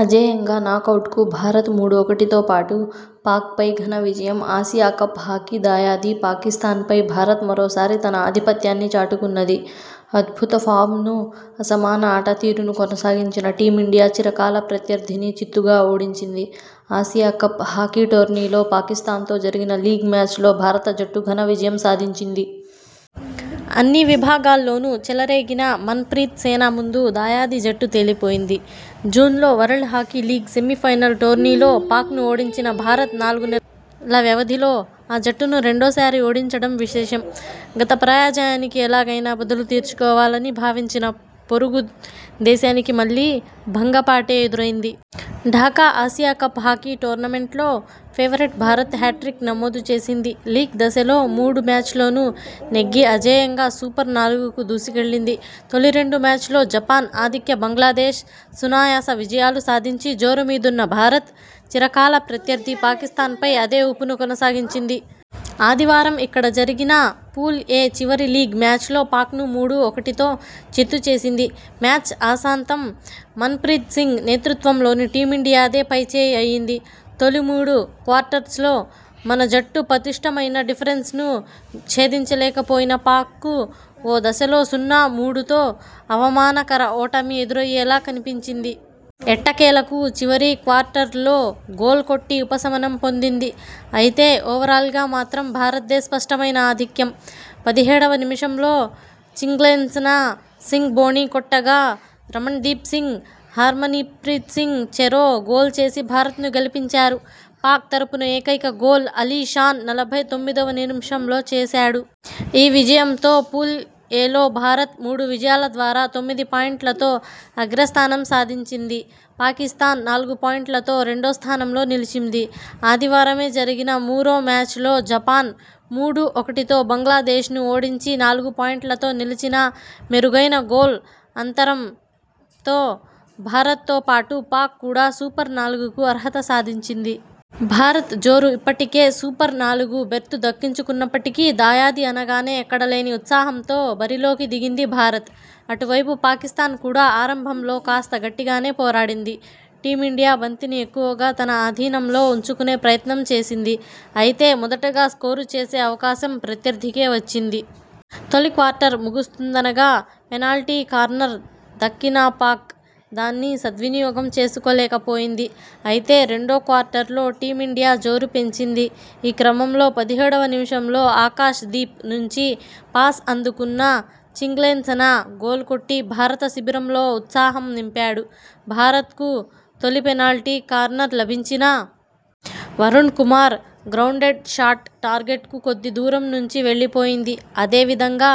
అజేయంగా నాకౌట్కు భారత్ మూడు - ఒకటితో పాక్పై ఘన విజయం ఆసియా కప్ హాకీదాయాది పాకిస్థాన్పై భారత్ మరోసారి తన ఆధిపత్యాన్ని చాటుకున్నది! అద్భుత ఫామ్ను.. అసమాన ఆటతీరును కొనసాగించిన టీమిండియా చిరకాల ప్రత్యర్థిని చిత్తుగా ఓడించింది. ఆసియాకప్ హాకీ టోర్నీలో పాకిస్థాన్తో జరిగిన లీగ్ మ్యాచ్లో భారత జట్టు ఘన విజయం సాధించింది. అన్ని విభాగాల్లోనూ చెలరేగిన మన్ ప్రీత్ సేన ముందు దాయాది జట్టు తేలిపోయింది! జూన్లో వరల్డ్ హాకీ లీగ్ సెమీఫైనల్ టోర్నీలో పాక్ను ఓడించిన భారత్ నాలుగు నెలల వ్యవధిలో ఆ జట్టును రెండోసారి ఓడించడం విశేషం! గత పరాజయానికి ఎలాగైనా బదులు తీర్చుకోవాలని భావించిన పొరుగు దేశానికి మళ్లీ భంగపాటే ఎదురైంది! ఢాకా ఆసియా కప్ హాకీ టోర్నమెంట్లో ఫేవరెట్ భారత్ హ్యాట్రిక్ నమోదు చేసింది. లీగ్ దశలో మూడు మ్యాచ్ల్లోనూ నెగ్గి అజేయంగా సూపర్-నాలుగుకు దూసుకెళ్లింది. తొలి రెండు మ్యాచ్ల్లో జపాన్, ఆతిథ్య బంగ్లాదేశ్ సునాయాస విజయాలు సాధించి జోరు మీదున్న భారత్.. చిరకాల ప్రత్యర్థి పాకిస్థాన్పై అదే ఊపును కొనసాగించింది. ఆదివారం ఇక్కడ జరిగిన పూల్-ఎ చివరి లీగ్ మ్యాచ్లో పాక్ను మూడు-ఒకటితో చిత్తు చేసింది. మ్యాచ్ ఆసాంతం మన్ ప్రీత్ సింగ్ నేతృత్వంలోని టీమిండియాదే పైచేయి అయింది. తొలి మూడు క్వార్టర్స్లో మన జట్టు పటిష్టమైన డిఫెన్స్ను ఛేదించలేకపోయిన పాక్కు ఓ దశలో సున్నా-మూడుతో అవమానకర ఓటమి ఎదురయ్యేలా కనిపించింది. ఎట్టకేలకు చివరి క్వార్టర్లో గోల్ కొట్టి ఉపశమనం పొందింది. అయితే, ఓవరాల్గా మాత్రం భారత్దే స్పష్టమైన ఆధిక్యం! పదిహేడవ నిమిషంలో చింగ్లేన్సనా సింగ్ బోణీ కొట్టగా, రమణ్దీప్ సింగ్, హర్మన్ప్రీత్ సింగ్ చెరో గోల్ చేసి భారత్ను గెలిపించారు. పాక్ తరపున ఏకైక గోల్ అలీ షాన్ నలభై తొమ్మిదివ నిమిషంలో చేశాడు. ఈ విజయంతో పూల్-ఎలో భారత్ మూడు విజయాల ద్వారా తొమ్మిది పాయింట్లతో అగ్రస్థానం సాధించింది. పాకిస్థాన్ నాలుగు పాయింట్లతో రెండో స్థానంలో నిలిచింది. ఆదివారమే జరిగిన మురో మ్యాచ్లో జపాన్ మూడు-ఒకటితో బంగ్లాదేశ్ను ఓడించి నాలుగు పాయింట్లతో నిలిచినామెరుగైన గోల్ అంతరంతో భారత్తో పాటు పాక్ కూడా సూపర్-నాలుగుకు అర్హత సాధించింది. భారత్ జోరు ఇప్పటికే సూపర్-నాలుగు బెర్తు దక్కించుకున్నప్పటికీ.. దాయాది అనగానే ఎక్కడలేని ఉత్సాహంతో బరిలోకి దిగింది భారత్. అటువైపు పాకిస్థాన్ కూడా ఆరంభంలో కాస్త గట్టిగానే పోరాడింది. టీమిండియా బంతిని ఎక్కువగా తన అధీనంలో ఉంచుకునే ప్రయత్నం చేసింది. అయితే, మొదటగా స్కోరు చేసే అవకాశం ప్రత్యర్థికే వచ్చింది. తొలి క్వార్టర్ ముగుస్తుందనగా పెనాల్టీ కార్నర్ దక్కినాపాక్ దాన్ని సద్వినియోగం చేసుకోలేకపోయింది. అయితే, రెండో క్వార్టర్లో టీమిండియా జోరు పెంచింది. ఈ క్రమంలో పదిహేడువ నిమిషంలో ఆకాశ్ దీప్ నుంచి పాస్ అందుకున్న చింగ్లేన్సనా గోల్ కొట్టి భారత శిబిరంలో ఉత్సాహం నింపాడు. భారత్కు తొలి పెనాల్టీ కార్నర్ లభించినా.. వరుణ్ కుమార్ గ్రౌండెడ్ షాట్ టార్గెట్కు కొద్ది దూరం నుంచి వెళ్లిపోయింది. అదే విధంగా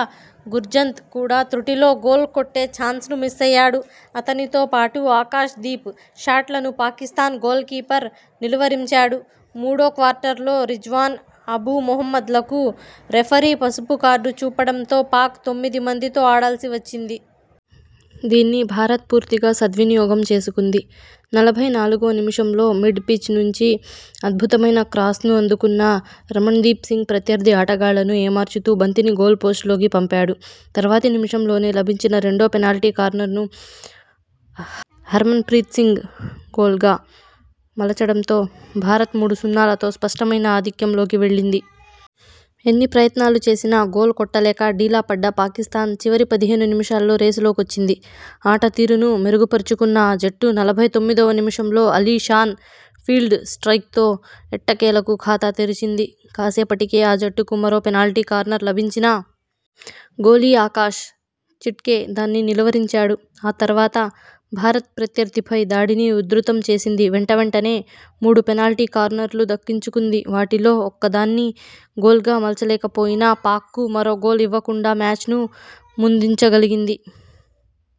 గుర్జన్త్ కూడా తృటిలో గోల్ కొట్టే చాన్స్ను మిస్సయ్యాడు. అతనితో పాటు ఆకాశ్ దీప్ షాట్లను పాకిస్థాన్ గోల్ కీపర్ నిలువరించాడు. మూడో క్వార్టర్లో రిజ్వాన్, అబూ మహమ్మద్లకు రెఫరీ పసుపు కార్డు చూపడంతో పాక్ తొమ్మిది మందితో ఆడాల్సి వచ్చింది. దీన్ని భారత్ పూర్తిగా సద్వినియోగం చేసుకుంది. నలభై నాలుగువ నిమిషంలో మిడ్ పిచ్ నుంచి అద్భుతమైన క్రాస్ను అందుకున్న రమణ్దీప్ సింగ్. ప్రత్యర్థి ఆటగాళ్లను ఏమార్చుతూ బంతిని గోల్ పోస్ట్ లోకి పంపాడు. తర్వాతి నిమిషంలోనే లభించిన రెండో పెనాల్టీ కార్నర్ను హర్మన్ప్రీత్ సింగ్ గోల్గా మలచడంతో భారత్ మూడు-సున్నాతో స్పష్టమైన ఆధిక్యంలోకి వెళ్లింది. ఎన్ని ప్రయత్నాలు చేసినా గోల్ కొట్టలేక డీలా పడ్డ పాకిస్థాన్ చివరి పదిహేను నిమిషాల్లో రేసులోకొచ్చింది. ఆట తీరును మెరుగుపరుచుకున్న ఆ జట్టు నలభై తొమ్మిదివ నిమిషంలో అలీ షాన్ ఫీల్డ్ స్ట్రయిక్తో ఎట్టకేలకు ఖాతా తెరిచింది. కాసేపటికే ఆ జట్టుకు మరో పెనాల్టీ కార్నర్ లభించినా. గోలీ ఆకాశ్ చిక్టే దాన్ని నిలువరించాడు. ఆ తర్వాత భారత్ ప్రత్యర్థిపై దాడిని ఉధృతం చేసింది. వెంటవెంటనే మూడు పెనాల్టీ కార్నర్లు దక్కించుకుంది. వాటిలో ఒక్కదాన్నీ గోల్గా మలచలేకపోయినా.. పాక్కు మరో గోల్ ఇవ్వకుండా మ్యాచ్ను ముగించగలిగింది.